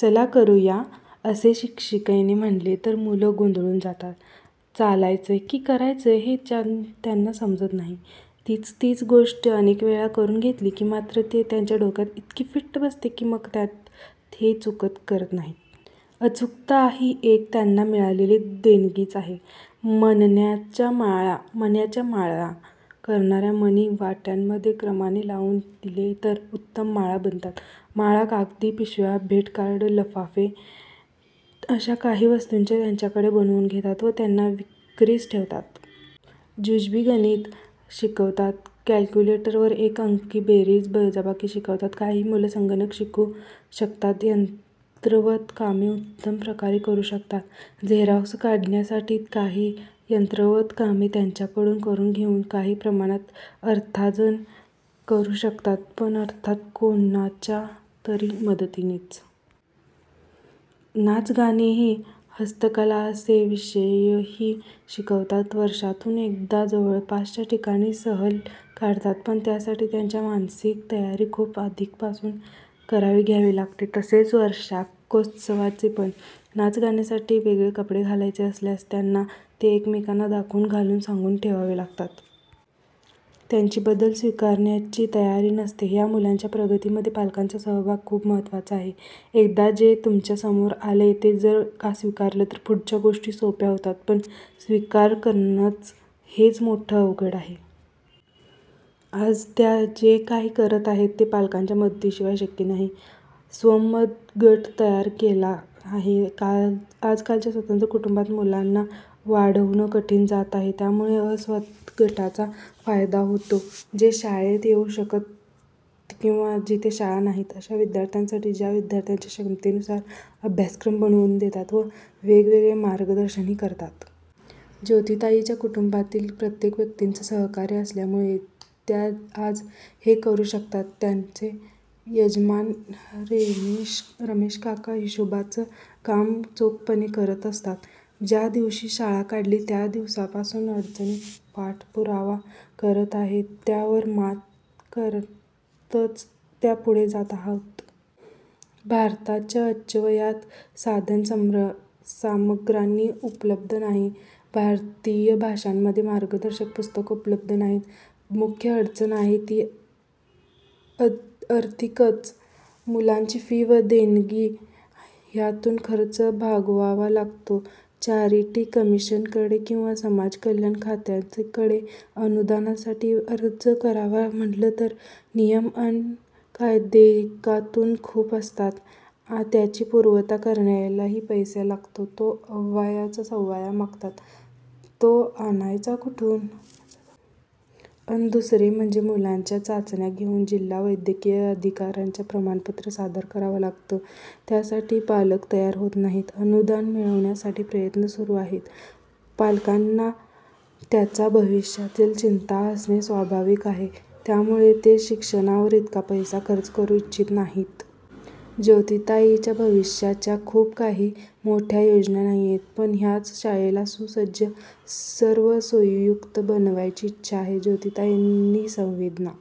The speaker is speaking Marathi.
चल करूया असे शिक्षिकेने म्हटले तर मुलं गोंधळून जातात, चालायचं की करायचं हे त्यांना समजत नाही. तीच तीच गोष्ट अनेकवेळा करून घेतली की मात्र ती त्यांच्या डोक्यात इतकी फिट्ट बसते की मग त्यात ते चुका करत नाही. अचूकता ही एक त्यांना मिळालेली देणगीच आहे. मण्यांच्या माळा करायला मणी वाट्यांमध्ये क्रमाने लावून दिले तर उत्तम माळा बनवतात. माळा, कागदी पिशव्या, भेटकार्ड, लिफाफे अश्या काही वस्तू त्यांच्याकडून बनवून घेतात व त्या विक्रीस ठेवतात. जुजबी गणित शिकवतात. कॅलक्युलेटरवर एक अंकी बेरीज वजाबाकी शिकवतात. काही मुलं संगणक शिकू शकतात. यंत्रवत कामे उत्तम प्रकारे करू शकतात. झेरॉक्स काढण्यासारखी काही यंत्रवत कामे त्यांच्याकडून करून घेऊन काही प्रमाणात अर्थाजन करू शकतात पण अर्थात कोणाच्या तरी मदतीनेच. नाच, गाणेही, हस्तकला असे विषयही शिकवतात. वर्षातून एकदा जवळपासच्या ठिकाणी सहल काढतात पण त्यासाठी त्यांची मानसिक तयारी खूप आधीपासून करून घ्यावी लागते. तसेच वार्षिकोत्सवाची पण. नाचगाण्यासाठी वेगळे कपडे घालायचे असल्यास त्यांना ते अनेकवेळा दाखवून, घालून, सांगून ठेवावं लागतं. त्यांची बदल स्वीकारायची तयारी नसते. ह्या मुलांच्या प्रगतीमध्ये पालकांचा सहभाग खूप महत्त्वाचा आहे. एकदा जे तुमच्या समोर आलंय ते जर का स्वीकारलं तर पुढच्या गोष्टी सोप्या होतात पण स्वीकार करणं हेच मोठं अवघड आहे. आज त्या जे काही करत आहेत ते पालकांच्या मदतीशिवाय शक्य नाही. स्वमदत गट तयार केला आहे. आजकालच्या स्वतंत्र कुटुंबात मुलांना वाढवणं कठीण जातं त्यामुळे स्वमदत गटाचा फायदा होतो. जे शाळेत येऊ शकत किंवा जिथे शाळा नाहीत अश्या विद्यार्थ्यांसाठी त्या विद्यार्थ्याच्या क्षमतेनुसार त्या अभ्यासक्रम बनवून देतात व वेळोवेळी मार्गदर्शनही करतात. ज्योतीताईंच्या कुटुंबातील प्रत्येक व्यक्तीचं सहकार्य असल्यामुळे त्या आज हे करू शकतात. त्यांचे यजमान रमेशकाका हिशोबाचं कामं चोखपणे करत असतात. ज्या दिवशी शाळा काढली त्या दिवसापासून अडचणी पाठपुरावा करत आहे. त्यावर मात करतच त्या पुढे जात आहोत. भारतात यच्चयावत साधनसामग्री उपलब्ध नाही. भारतीय भाषांमध्ये मार्गदर्शक पुस्तकं उपलब्ध नाही. मुख्य अडचण आहे ती आर्थिकच. मुलांची फी व देणगी ह्यातूनच खर्च भागवावा लागतो. चॅरिटी कमिशनरकडे किंवा समाज कल्याण खात्याकडे अनुदानासाठी अर्ज करावा म्हटलं तर नियम अन कायदेकानूनच खूप असतात त्याची पूर्तता करायलाही पैसाच लागतो, तो अव्वाच्या सव्वा मागतात तो आणायचा कुठून. अन दुसरे म्हणजे मुलांच्या चाचण्या घेऊन जिल्हा वैद्यकीय अधिकाऱ्याचं प्रमाणपत्र सादर करावं लागतं त्यासाठी पालक तयार होत नाहीत. अनुदान मिळवण्यासाठी प्रयत्न सुरू आहेत. पालकांना त्यांच्या भविष्याची चिंता असणे स्वाभाविकच आहे त्यामुळे ते शिक्षणावर इतका पैसा खर्च करू इच्छित नाही. ज्योतीताईंच्या भविष्याच्या खूप काही मोठ्या योजना नाहीयेत पण ह्याच शाळेला सुसज्ज, सर्व सोयींयुक्त बनवण्याची इच्छा आहे. ज्योतीताईंनी संवेदना